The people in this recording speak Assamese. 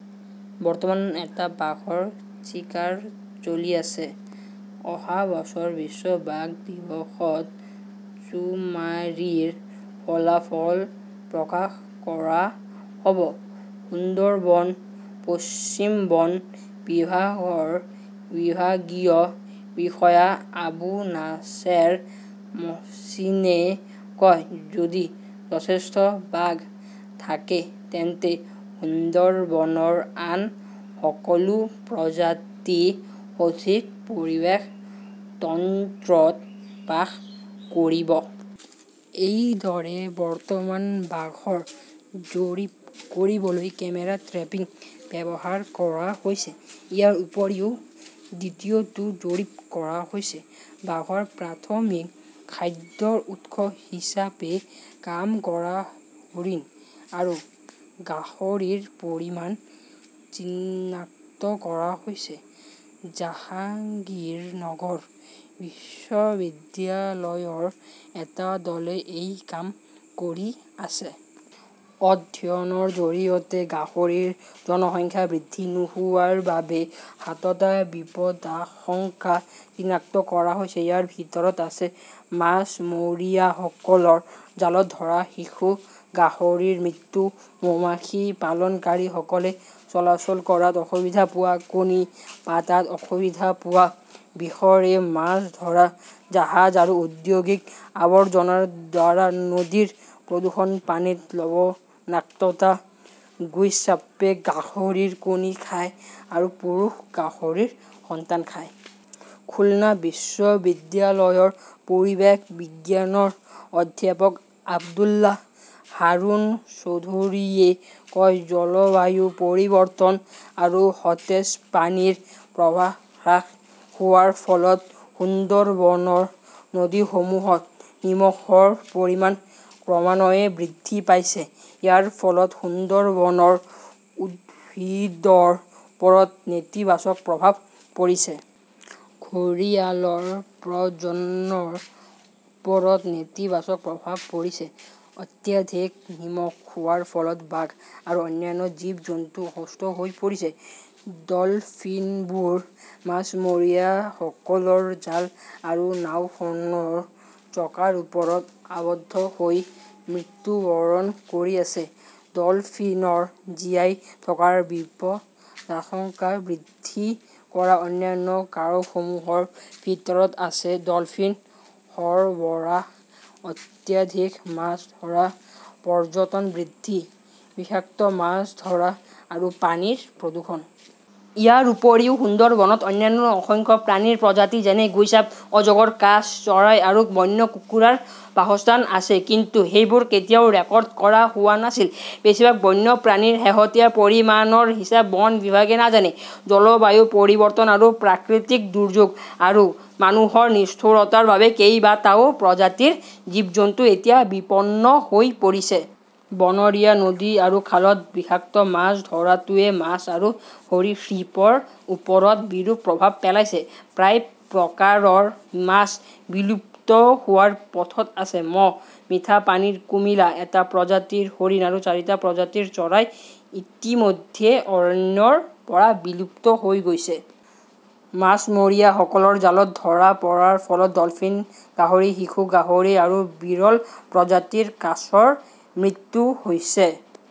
বৰ্তমান এটা বাঘৰ চিকাৰ চলি আছে। অহা বছৰ বিশ্ব বাঘ দিৱসত চুমাৰীৰ ফলাফল প্ৰকাশ কৰা হ'ব। সুন্দৰবন পশ্চিম বন বিভাগৰ বিভাগীয় বিষয়া আবু নাছেৰ মহচিনে কয়, যদি যথেষ্ট বাঘ থাকে তেন্তে সুন্দৰবনৰ আন সকলো প্ৰজাতি সঠিক পৰিৱেশ তন্ত্ৰত বাস কৰিব। এইদৰে বৰ্তমান বাঘৰ জৰীপ কৰিবলৈ কেমেৰা ট্ৰেপিং ব্যৱহাৰ কৰা হৈছে। ইয়াৰ উপৰিও, দ্বিতীয়টো জৰীপ কৰা হৈছে। বাঘৰ প্ৰাথমিক খাদ্যৰ উৎস হিচাপে কাম কৰা হৰিণ আৰু গাহৰিৰ পৰিমাণ চিনাক্ত কৰা হৈছে। জাহাংগীৰনগৰ বিশ্ববিদ্যালয়ৰ এটা দলে এই কাম কৰি আছে। অধ্যয়নৰ জৰিয়তে গাহৰিৰ জনসংখ্যা বৃদ্ধি নোহোৱাৰ বাবে সাতটা বিপদাশংকা চিনাক্ত কৰা হৈছে। ইয়াৰ ভিতৰত আছে মাছমৰীয়াসকলৰ জালত ধৰা শিশু গাহৰিৰ মৃত্যু, মৌমাখি পালনকাৰীসকলে চলাচল কৰাত অসুবিধা পোৱা, কণী পাতাত অসুবিধা পোৱা, বিষৰে মাছ ধৰা, জাহাজ আৰু ঔদ্যোগিক আৱৰ্জনাৰ দ্বাৰা নদীৰ প্ৰদূষণ, পানীত লবণাক্ততা, গুইছাপ্পে গাহৰিৰ কণী খায় আৰু পুৰুষ গাহৰিৰ সন্তান খায়। খুলনা বিশ্ববিদ্যালয়ৰ পৰিৱেশ বিজ্ঞানৰ অধ্যাপক আব্দুল্লাহ হাৰুন চৌধুৰীয়ে কয় জলবায়ু পৰিৱৰ্তন আৰু সতেজ পানীৰ প্ৰৱাহ হ্ৰাস হোৱাৰ ফলত সুন্দৰবনৰ নদীসমূহত নিমখৰ পৰিমাণ ক্ৰমান্বয়ে বৃদ্ধি পাইছে। ইয়াৰ ফলত সুন্দৰবনৰ উদ্ভিদৰ ওপৰত নেতিবাচক প্ৰভাৱ পৰিছে। ঘঁৰিয়ালৰ প্ৰজননৰ ওপৰত নেতিবাচক প্ৰভাৱ পৰিছে। অত্যাধিক নিমখ খোৱাৰ ফলত বাঘ আৰু অন্যান্য জীৱ-জন্তু অসুস্থ হৈ পৰিছে। ডল্ফিনবোৰ মাছমৰীয়াসকলৰ জাল আৰু নাওখনৰ চকাৰ ওপৰত আবদ্ধ হৈ মৃত্যুবৰণ কৰি আছে। ডলফিনৰ জীয়াই থকাৰ বিপদাশংকা বৃদ্ধি কৰা অন্যান্য কাৰকসমূহৰ ভিতৰত আছে ডলফিন সৰবৰাহ, অত্যাধিক মাছ ধৰা, পৰ্যটন বৃদ্ধি, বিষাক্ত মাছ ধৰা আৰু পানীৰ প্ৰদূষণ। ইয়াৰ উপৰিও, সুন্দৰবনত অন্যান্য অসংখ্য প্ৰাণীৰ প্ৰজাতি যেনে গুইছাপ, অজগৰ, কাছ, চৰাই আৰু বন্য কুকুৰাৰ বাসস্থান আছে, কিন্তু সেইবোৰ কেতিয়াও ৰেকৰ্ড কৰা হোৱা নাছিল। বেছিভাগ বন্যপ্ৰাণীৰ শেহতীয়া পৰিমাণৰ হিচাপ বন বিভাগে নাজানে। জলবায়ু পৰিৱৰ্তন আৰু প্ৰাকৃতিক দুৰ্যোগ আৰু মানুহৰ নিষ্ঠুৰতাৰ বাবে কেইবাটাও প্ৰজাতিৰ জীৱ-জন্তু এতিয়া বিপন্ন হৈ পৰিছে। বনৰীয়া নদী আৰু খালত বিষাক্ত মাছ ধৰাটোৱে মাছ আৰু সৰীসৃপৰ ওপৰত বিৰূপ প্ৰভাৱ পেলাইছে। প্ৰায় প্ৰকাৰৰ মাছ বিলুপ্ত হোৱাৰ পথত আছে। ম 'হ, মিঠা পানীৰ কুমিলা, এটা প্ৰজাতিৰ হৰিণ আৰু চাৰিটা প্ৰজাতিৰ চৰাই ইতিমধ্যে অৰণ্যৰ পৰা বিলুপ্ত হৈ গৈছে। মাছমৰীয়াসকলৰ জালত ধৰা পৰাৰ ফলত ডলফিন, গাহৰি, শিশু গাহৰি আৰু বিৰল প্ৰজাতিৰ কাছৰ মৃত্যু হৈছে।